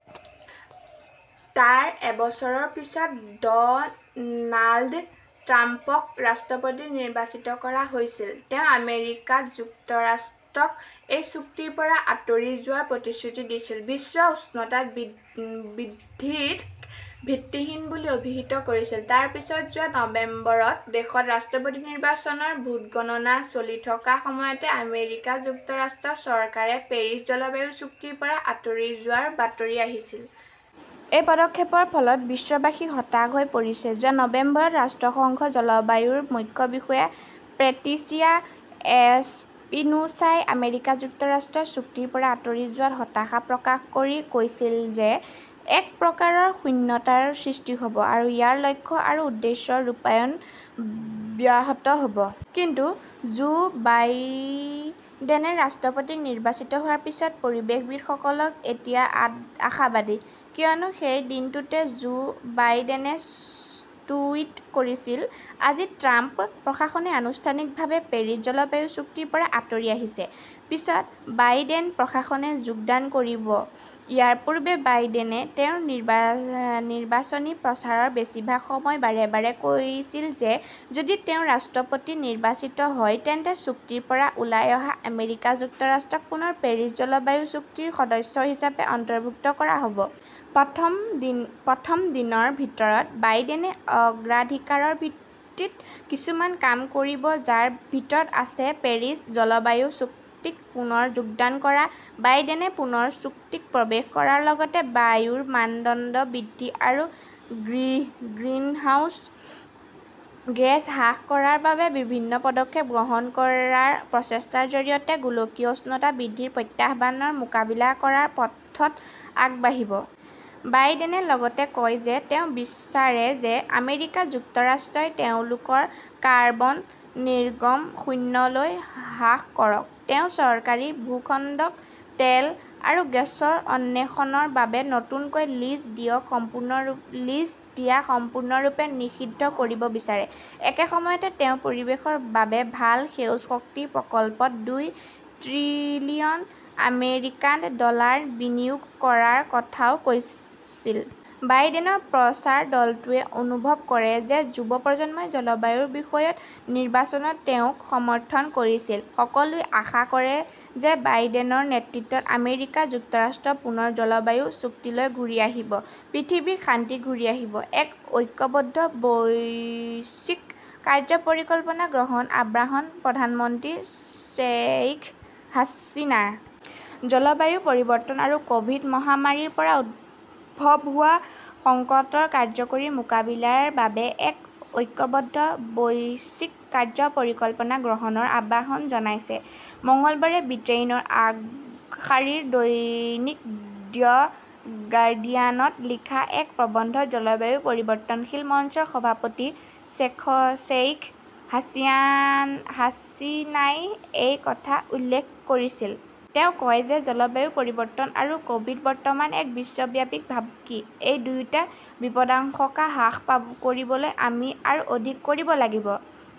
তাৰ এবছৰৰ পিছত ড 'নাল্ড ট্ৰাম্পক ৰাষ্ট্ৰপতি নিৰ্বাচিত কৰা হৈছিল। তেওঁ আমেৰিকা যুক্তৰাষ্ট্ৰক এই চুক্তিৰ পৰা আঁতৰি যোৱাৰ প্ৰতিশ্ৰুতি দিছিল, বিশ্ব উষ্ণতা বৃদ্ধিক 'ভিত্তিহীন' বুলি অভিহিত কৰিছিল। তাৰ পিছত যোৱা নৱেম্বৰত দেশত ৰাষ্ট্ৰপতি নিৰ্বাচনৰ ভোট গণনা চলি থকাৰ সময়তে আমেৰিকা যুক্তৰাষ্ট্ৰৰ চৰকাৰে পেৰিছ জলবায়ু চুক্তিৰ পৰা আঁতৰি যোৱাৰ বাতৰি আহিছিল। এই পদক্ষেপৰ ফলত বিশ্ববাসী হতাশ হৈ পৰিছে। যোৱা নৱেম্বৰত ৰাষ্ট্ৰসংঘৰ জলবায়ুৰ মুখ্য বিষয়া পেট্ৰিচিয়া এছপিনোছাই আমেৰিকা যুক্তৰাষ্ট্ৰই চুক্তিৰ পৰা আঁতৰি যোৱাত হতাশা প্ৰকাশ কৰি কৈছিল যে এক প্ৰকাৰৰ শূন্যতাৰ সৃষ্টি হ 'ব আৰু ইয়াৰ লক্ষ্য আৰু উদ্দেশ্যৰ ৰূপায়ণ ব্যাহত হ'ব। কিন্তু জো বাইডেনে ৰাষ্ট্ৰপতি নিৰ্বাচিত হোৱাৰ পিছত পৰিৱেশবিদসকলক এতিয়া আশাবাদী। কিয়নো সেই দিনটোতে জো বাইডেনে টুইট কৰিছিল, "আজি ট্ৰাম্প প্ৰশাসনে আনুষ্ঠানিকভাৱে পেৰিছ জলবায়ু চুক্তিৰ পৰা আঁতৰি আহিছে। পিছত বাইডেন প্ৰশাসনে যোগদান কৰিব। " ইয়াৰ পূৰ্বে বাইডেনে তেওঁৰ নিৰ্বাচনী প্ৰচাৰৰ বেছিভাগ সময়ত বাৰে বাৰে কৈছিল যে যদি তেওঁ ৰাষ্ট্ৰপতি নিৰ্বাচিত হয় তেন্তে চুক্তিৰ পৰা ওলাই অহা আমেৰিকা যুক্তৰাষ্ট্ৰক পুনৰ পেৰিছ জলবায়ু চুক্তিৰ সদস্য হিচাপে অন্তৰ্ভুক্ত কৰা হ 'ব। প্ৰথম দিনৰ ভিতৰত বাইডেনে অগ্ৰাধিকাৰৰ ভিত্তিত কিছুমান কাম কৰিব, যাৰ ভিতৰত আছে পেৰিছ জলবায়ু চুক্তিত পুনৰ যোগদান কৰা। বাইডেনে পুনৰ চুক্তিত প্ৰৱেশ কৰাৰ লগতে বায়ুৰ মানদণ্ড বৃদ্ধি আৰু গ্ৰিনহাউজ গেছ হ্ৰাস কৰাৰ বাবে বিভিন্ন পদক্ষেপ গ্ৰহণ কৰাৰ প্ৰচেষ্টাৰ জৰিয়তে গোলকীয় উষ্ণতা বৃদ্ধিৰ প্ৰত্যাহ্বানৰ মোকাবিলা কৰাৰ পথত আগবাঢ়িব। বাইডেনে লগতে কয় যে তেওঁ বিচাৰে যে আমেৰিকা যুক্তৰাষ্ট্ৰই তেওঁলোকৰ কাৰ্বন নিৰ্গম শূন্যলৈ হ্ৰাস কৰক। তেওঁ চৰকাৰী ভূখণ্ডক তেল আৰু গেছৰ অন্বেষণৰ বাবে নতুনকৈ লিজ দিয়া সম্পূৰ্ণৰূপে নিষিদ্ধ কৰিব বিচাৰে। একে সময়তে, তেওঁ পৰিৱেশৰ বাবে ভাল 'সেউজ শক্তি ' প্ৰকল্পত দুই ত্ৰিলিয়ন আমেৰিকান ডলাৰ বিনিয়োগ কৰাৰ কথাও কৈছিল। বাইডেনৰ প্ৰচাৰ দলটোৱে অনুভৱ কৰে যে যুৱ প্ৰজন্মই জলবায়ুৰ বিষয়ত নিৰ্বাচনত তেওঁক সমৰ্থন কৰিছিল। সকলোৱে আশা কৰে যে বাইডেনৰ নেতৃত্বত আমেৰিকা যুক্তৰাষ্ট্ৰ পুনৰ জলবায়ু চুক্তিলৈ ঘূৰি আহিব। পৃথিৱীত শান্তি ঘূৰি আহিব। এক ঐক্যবদ্ধ বৈশ্বিক কাৰ্য্য পৰিকল্পনা গ্ৰহণৰ আহ্বান প্ৰধানমন্ত্ৰী শ্বেইখ হাছিনাৰ। জলবায়ু পৰিৱৰ্তন আৰু ক'ভিড- মহামাৰীৰ পৰা উদ্ভৱ হোৱা সংকটৰ কাৰ্যকৰী মোকাবিলাৰ বাবে এক ঐক্যবদ্ধ বৈশ্বিক কাৰ্য্য পৰিকল্পনা গ্ৰহণৰ আহ্বান জনাইছে। মঙলবাৰে ব্ৰিটেইনৰ আগশাৰীৰ দৈনিক দ্য গাৰ্ডিয়ানত লিখা এক প্ৰবন্ধত জলবায়ু পৰিৱৰ্তনশীল মঞ্চৰ সভাপতি শ্বেইখ হাছিনাই এই কথা উল্লেখ কৰিছিল। তেওঁ কয় যে জলবায়ু পৰিৱৰ্তন আৰু ক'ভিড- বৰ্তমান এক বিশ্বব্যাপী ভাবুকি। এই দুয়োটা বিপদাশংকা হ্ৰাস কৰিবলৈ আমি আৰু অধিক কৰিব লাগিব।